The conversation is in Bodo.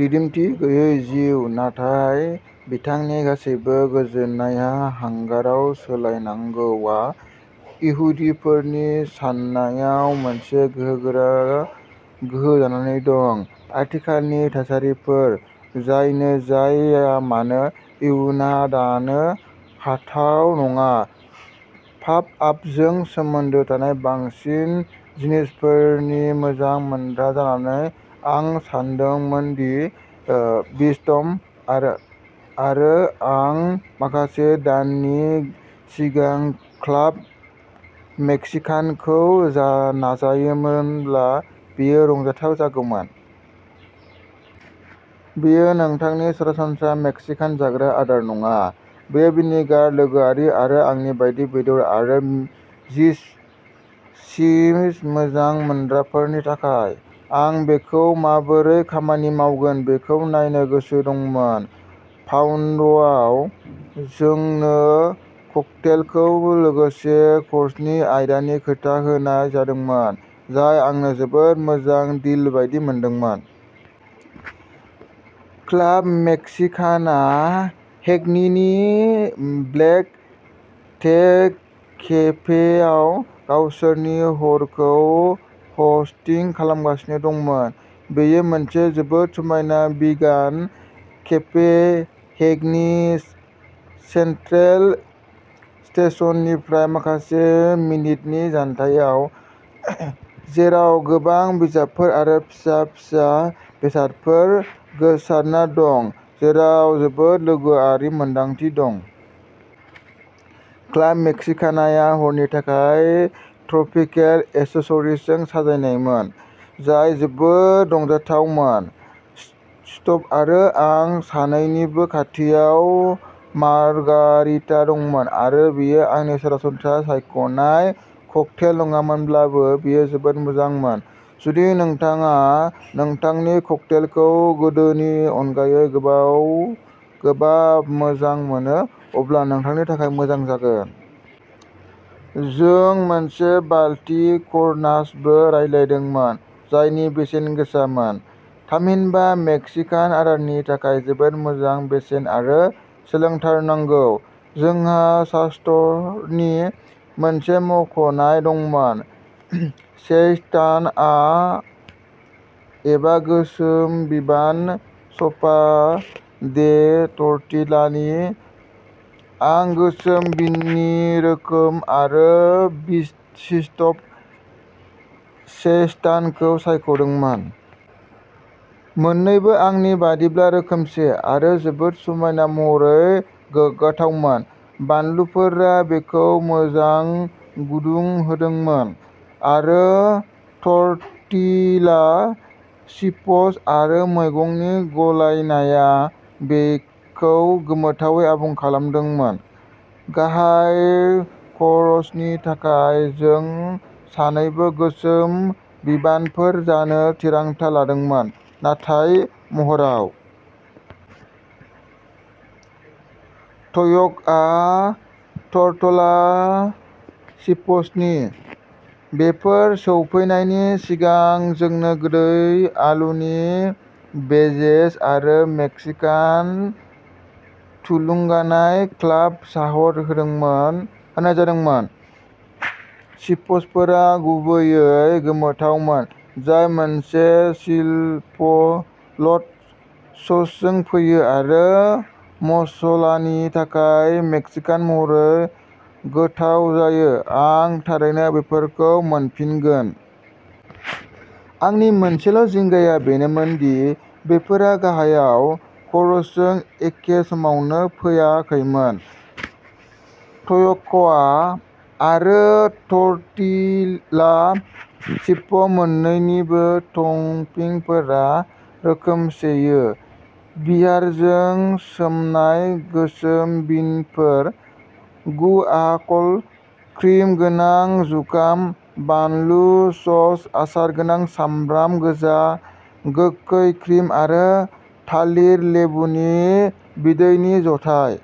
दिदोमथि गैयै जिउ, नाथाय बिथांनि गासिबो गोजोननाया हांगारायाव सोलायनांगौआ इहुदिफोरनि साननायाव मोनसे गोहोगोरा गोहो जानानै दं। आथिखालनि थासारिफोर जायानो जाया मानो, इयुनआ दांनो हाथाव नङा। पप आपजों सोमोन्दो थानाय बांसिन जिनिसफोरनि मोजां मोनग्रा जानानै आं सानदोंमोन दि स्टिभ आरो आं माखासे दाननि सिगां क्लाब मेक्सिकानाखौ नाजायोब्ला बेयो रंजाथाव जागोन। बेयो नोंथांनि सरासनस्रा मेक्सिकान जाग्रा आदार नङा, बेयो भिगान लोगोआरि आरो आंनि बायदि बेदर आरो चीज मोजां मोनग्राफोरनि थाखाय आं बेखौ माबोरै खामानि मावगोन बेखौ नायनो गोसो दंमोन। पाउन्दआव जोंनो ककटेलजों लोगोसे कर्सनि आदारनि खोथा होनाय जादोंमोन, जाय आंनो जोबोद मोजां डिल बायदि मोनदोंमोन। क्लाब मेक्सिकानाआ हेकनीनि ब्लेक केट केफेआव गावसोरनि हरखौ हस्टिं खालामगासिनो दंमोन। बेयो मोनसे जोबोद समायना भिगान केफे, हेकनी सेन्ट्रेल स्टेशननिफ्राय माखासे मिनिटनि जानथायाव, जेराव गोबां बिजाबफोर आरो फिसा-फिसा बेसादफोर गोसारना दं, जेराव जोबोद लोगोआरि मोनदांथि दं। क्लाब मेक्सिकानाया हरनि थाखाय ट्रपिकेल एक्सेसरिजजों साजायनायमोन, जाय जोबोद रंजाथावमोन। स्टिभ आरो आं सानैनिबो खाथियाव मार्गारिटा दंमोन आरो बेयो आंनि सरासनस्रा सायख'नाय ककटेल नङाब्लाबो बेयो जोबोद मोजांमोन। जुदि नोंथाङा नोंथांनि ककटेलखौ गोदैनि अनगायै गोबाब मोजां मोनो, अब्ला नोंथांनि थाखाय मोजां जागोन। जों मोनसे बालति करनासबो रानलायदोंमोन जायनि बेसेना मोन, थामहिनबा मेक्सिकान आदारनि थाखाय जोबोद मोजां बेसेन आरो लोंथारनांगौ। जोंहा स्टार्टारनि मोनसे सायख'नाय दंमोन, सेइटान एबा गोसोम बिन स'पा दे टर्टिलानि। आं गोसोम बिननि रोखोम आरो स्टिभ सेइटानखौ सायख'दोंमोन। मोननैबो आंनि बायदिब्ला रोखोमसे आरो जोबोद समान महरै गोथावमोन। बानलुफोरा बेखौ मोजां गुदुं होदोंमोन आरो टर्टिला चिप्स आरो मैगंनि गलायनाया बेखौ गोमोथावै आबुं खालामदोंमोन। गाहाय कर्सनि थाखाय जों सानैबो गोसोम बिनफोर जानो थिरांथा लादोंमोन, नाथाय महराव। ट्याक'आरो टर्टिला चिप्सनि। बेफोर सौफैनायनि सिगां जोंनो गोदै आलुनि वेजेस आरो मेक्सिकान थुलुंगानाय क्लाब सालाद होनाय जादोंमोन। चिप्सफोरा गुबैयै गोथावमोन, जाय मोनसे चिप'ल्ट ससजों फैयो आरो मस्लानि थाखाय मेक्सिकान महरै गोथाव जायो। आं थारैनो बेफोरखौ मोनफिनगोन! आंनि मोनसेल'जिंगाया बेनोमोन दि बेफोरो गाहाय क'र्सजों एखे समावनो फैयाखैमोन। ट्याक'आरो टर्टिला चिप्स मोन्नैनिबो टपिंफोरा रोखोमसेमोन, बियारजों सोमनाय गोसोम बिनफोर, गुआकाम'ल, क्रिम गोनां जुखाम, बानलु सस, आसार गोनां सामब्राम गोजा, गोखै क्रिम आरो थाजिम लेबुनि बिदैनि जथाय।